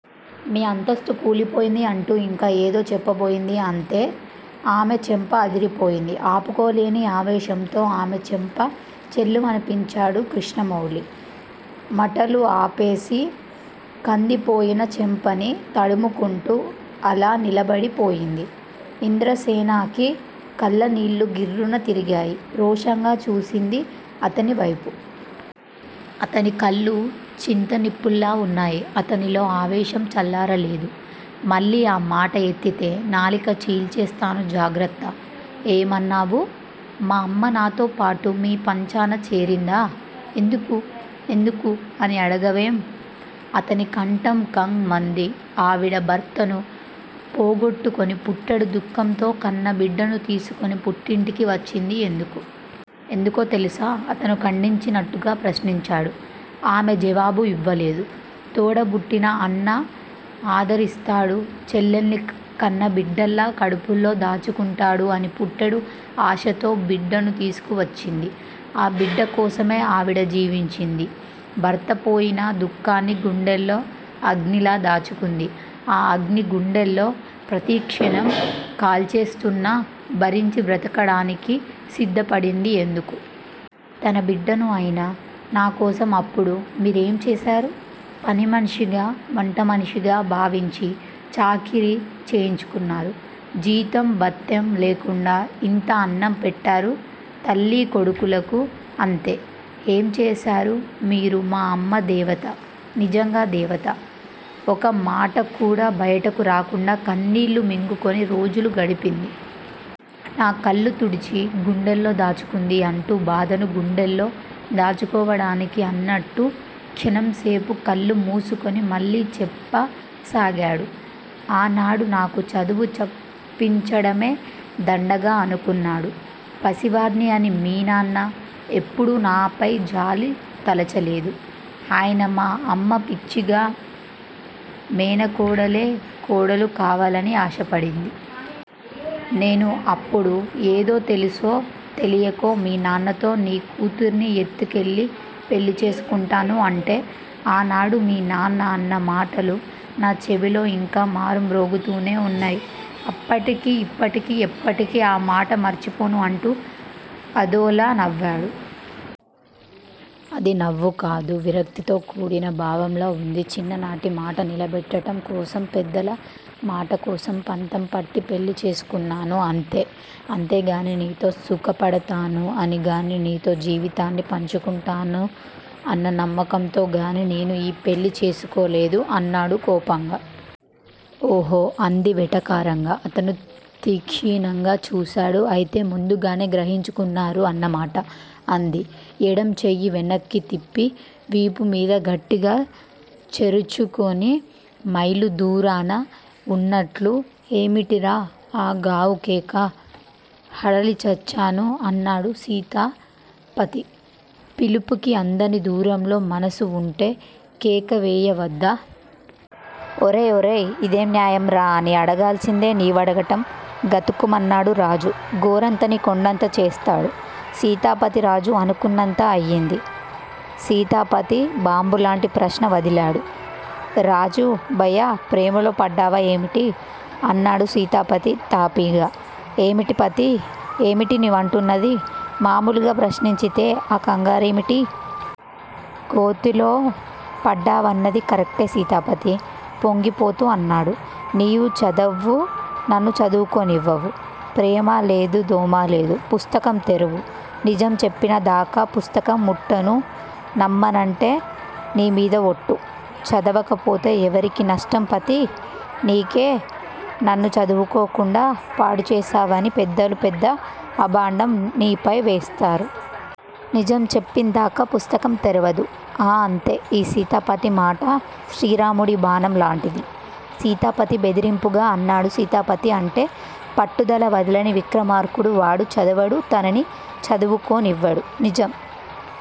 మీ అంతస్తు కూలిపోయింది అంటూ ఇంకా ఏదో చెప్పబోయింది. అంతే. ఆమె చెంప అదిరిపోయింది. ఆపుకోలేని ఆవేశంతో ఆమె చెంప ఛెళ్ళుమనిపించాడు కృష్ణమౌళి. మటలు ఆపేసి కందిపోయిన చెంపని తడుముకుంటూ అలా నిలబడి పోయింది. ఇంద్ర సేనకి కళ్ళనీళ్ళు గిర్రున తిరిగాయి. రోషంగా చూసింది అతని వైపు. అతని కళ్ళు చింత నిప్పుల్లా ఉన్నాయి. అతనిలో ఆవేశం చల్లారలేదు. మళ్ళీ ఆ మాట ఎత్తితే నాలిక చీల్చేస్తాను జాగ్రత్త. ఏం అన్నావు! మా అమ్మ నాతో పాటు మీ పంచన చేరిందా! ఎందుకు! ఎందుకు అని అడగవేం! అతని కంఠం కంగ్ మంది ఆవిడ భర్తను పోగొట్టుకుని పుట్టెడు దుఃఖంతో కన్న బిడ్డను తీసుకుని పుట్టింటికి వచ్చింది ఎందుకు? ఎందుకో తెలుసా! అతను ఖండించినట్టుగా ప్రశ్నించాడు. ఆమె జవాబు ఇవ్వలేదు. తోడ బుట్టిన అన్న ఆదరిస్తాడు. చెల్లెల్ని కన్నబిడ్డలా కడుపులో దాచుకుంటాడు అని పుట్టెడు ఆశతో బిడ్డను తీసుకువచ్చింది. ఆ బిడ్డ కోసమే ఆవిడ జీవించింది. భర్తపోయిన దుఃఖాన్ని గుండెల్లో అగ్నిలా దాచుకుంది. ఆ అగ్ని గుండెల్లో ప్రతిక్షణం కాల్చేస్తున్నా భరించి బ్రతకడానికి సిద్ధపడింది ఎందుకు? తన బిడ్డను అయిన నాకోసం అప్పుడు మీరు ఏం చేశారు? పనిమనిషిగా వంటమనిషిగా భావించి, చాకిరీ చేయించుకున్నారు! జీతం బత్తెం లేకుండా ఇంత అన్నం పెట్టారు తల్లీ కొడుకులకు అంతే! ఏం చేశారు మీరు మా అమ్మ దేవత నిజంగా దేవత. ఒక మాటకూడా బయటకు రాకుండా కన్నీళ్ళు మింగుకుని రోజులు గడిపింది. నా కళ్ళు తుడిచి గుండెల్లో దాచుకుంది అంటూ బాధను గుండెల్లో దాచుకోవడానికి అన్నట్టు క్షణం సేపు కళ్ళు మూసుకుని మళ్ళీ చెప్ప సాగాడు. ఆనాడు నాకు చదువు చెప్పించడమే దండగ అనుకున్నాడు. పసివాడ్ని అని మీనాన్న ఎప్పుడూ నాపై జాలి తలచలేదు. అయినా మా అమ్మ పిచ్చిగా మేనకోడలే కోడలు కావాలని ఆశపడింది. నేను అప్పుడు ఏదో తెలిసో తెలియకో మీ నాన్నతో నీ కూతుర్ని ఎత్తుకెళ్ళి పెళ్ళి చేసుకొంటాను అంటే ఆనాడు మీ నాన్న అన్న మాటలు నా చెవులో ఇంకా మారు మ్రోగుతూనే ఉన్నాయి! అప్పటికీ ఇప్పటికీ ఎప్పటికీ ఆ మాట మర్చిపోను అంటూ అదోలా నవ్వాడు. అది నవ్వుకాదు. విరక్తితో కూడిన భావంలా ఉంది. చిన్ననాటి మాట నిలబెట్టటం కోసం పెద్దల మాట కోసం పంతం పట్టి పెళ్ళి చేసుకున్నాను. అంతే! అంతేగాని నీతో సుఖ పడతాను అని గాని నీతో జీవితాన్ని పంచుకుంటాను అన్న నమ్మకంతో గానీ నేను ఈ పెళ్ళి చేసుకోలేదు అన్నాడు కోపంగా. ఓహో అంది వెటకారంగా. అతను తీక్షణంగా చూశాడు. అయితే ముందుగానే గ్రహించుకున్నారు అన్నమాట! అంది. ఎడం చెయ్యి వెనక్కు తిప్పి వీపుమీద గట్టిగా చరుచుకుని మైలు దూరాన వున్నట్లు ఏమిటిరా ఆ గావుకేక? హడలిచచ్చాను. అన్నాడు సీతాపతి. పిలుపుకి అందని దూరంలో మనసు వుంటే! కేక వేయవద్దా? ఒరేయ్! ఒరేయ్! ఇందేం న్యాయంరానే అడగాల్సింది నీవడగటం? గతుక్కుమన్నాడు రాజు. గోరంతని కొండంత చేస్తాడు. సీతాపతి. రాజు అనుకున్నంత అయింది. సీతాపతి బాంబులాంటి ప్రశ్న వదిలాడు, రాజూ భయ్యా! ప్రేమలో పడ్డావా ఏమిటి? అన్నాడు సీతాపతి తాపీగా. ఏమిటి పతీ! ఏమిటి నీవంటున్నది? మామూలుగా ప్రశ్నించితే ఆ కంగారేమిటి? గోతిలో పడ్డావన్నది కరెక్ట్ సీతాపతి పొంగిపోతూ అన్నాడు. నీవు చదవ్వు నన్ను చదువుకోనివ్వవు. ప్రేమా లేదు దోమా లేదు. పుస్తకం తెరువు. నిజం చెప్పిన దాకా పుస్తకం ముట్టను. నమ్మనంటే, నీ మీద ఒట్టు. చదవకపోతే ఎవరికి నష్టం పతీ? నీకే, నన్ను చదువుకోకుండా పాడుచేశావని పెద్దలు పెద్ద అబాంఢం నీపై వేస్తారు. నిజం చెప్పిందాకా పుస్తకం తెరవదు. ఆ అంతే ఈ సీతాపతి మాట శ్రీరాముడి బాణం లాంటిది. సీతాపతి బెదిరింపుగా అన్నాడు సీతాపతి అంటే పట్టుదల వదలని విక్రమార్కుడు వాడు చదవడు తనని చదువుకోనివ్వడు. నిజం